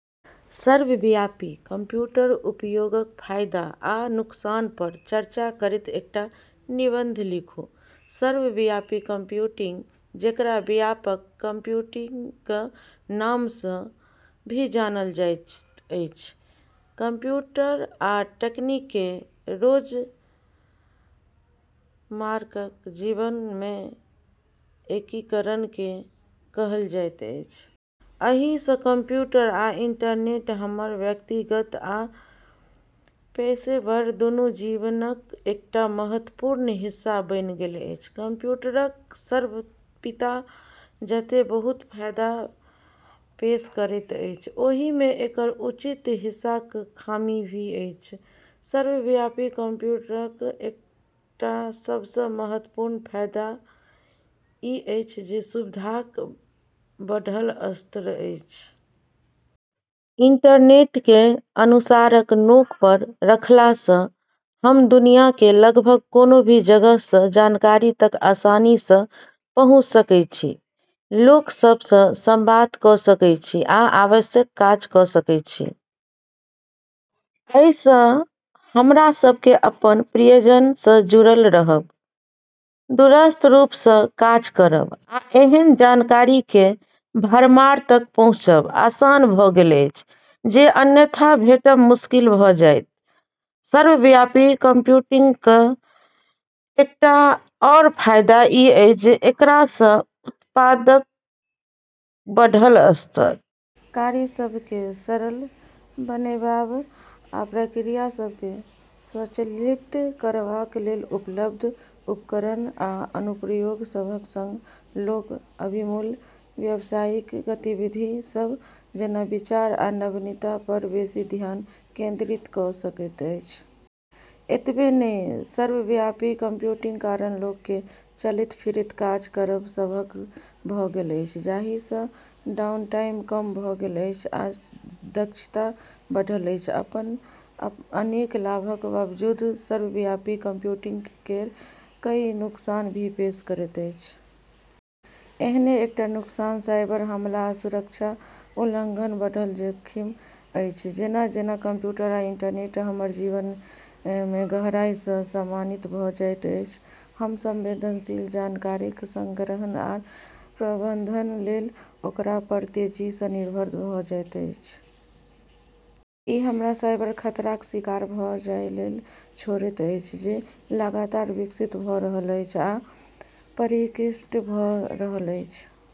सर्वव्यापी कम्प्यूटर उपयोगक फायदा आ नुकसान पर चर्चा करैत एकटा निबंध लिखू सर्वव्यापी कंप्यूटिंग, जेकरा व्यापक कंप्यूटिंगक नाम सँ भी जानल जाइत अछि, कंप्यूटर आ तकनीकक रोजमर्राक जीवन मे एकीकरण केँ कहल जाइत अछि। एहि सँ कंप्यूटर आ इंटरनेट हमर व्यक्तिगत आ पेशेवर दुनू जीवनक एकटा महत्वपूर्ण हिस्सा बनि गेल अछि। कम्प्यूटरक सर्वव्यापीता जतए बहुत फायदा पेश करैत अछि, ओतहि एकर उचित हिस्साक खामी भी अछि। सर्वव्यापी कंप्यूटिंगक एकटा सब सँ महत्वपूर्ण फायदा ई अछि जे ई सुविधाक बढ़ल स्तर अछि। इंटरनेट केँ आँगुरक नोक पर रखला सँ हम दुनियाक लगभग कोनो भी जगह सँ जानकारी तक आसानी सँ पहुँची सकैत छी, लोक सभ सँ संवाद कऽ सकैत छी, आ आवश्यक काज कऽ सकैत छी। एहि सँ हमरा सभ केँ अपन प्रियजन सँ जुड़ल रहब, दूरस्थ रूप सँ काज करब, आ एहन जानकारीक भरमार तक पहुँचब आसान भऽ गेल अछि जे अन्यथा भेटब मुश्किल भऽ जाइत। सर्वव्यापी कंप्यूटिंगक एकटा आउर फायदा ई अछि जे एकरा सँ उत्पादकताक बढ़ल स्तर। कार्य सभ केँ सरल बनाबबा आ प्रक्रिया सभ केँ स्वचालित करबा लेल उपलब्ध उपकरण आ अनुप्रयोग सभक सँग, लोक अबि मूल व्यवसायिक गतिविध सभ, जेना विचार आ नवीनता पर बेसि ध्यान केंद्रित कऽ सकैत अछि। एतबे नहि, सर्वव्यापी कंप्यूटिंगक कारण लोक केँ चलैत-फिरैत काज करब संभव भऽ गेल अछि, जाहि सँ डाउनटाइम कम भऽ गेल अछि आ दक्षता बढ़ल अछि। अपन अनेक लाभक बावजूद सर्वव्यापी कंप्यूटिंग केरऽ कई नुकसान भी पेश करैत अछि। एहने एकटा नुकसान साइबर-हमला आ सुरक्षा उल्लंघनक बढ़ल जोखिम अछि। जेना-जेना कंप्यूटर आ इंटरनेट हमर जीवन मे गहराई सँ समाहित भऽ जाइत अछि, हम संवेदनशील जानकारीक संग्रहण आ प्रबंधन लेल ओकरा पर तेजी सँ निर्भर भऽ जाइत छी। ई हमरा साइबर खतराक शिकार भऽ जाए लेल छोड़ैत अछि, जे लगातार विकसित भऽ रहल अछि आ परिष्कृत भऽ रहल अछि।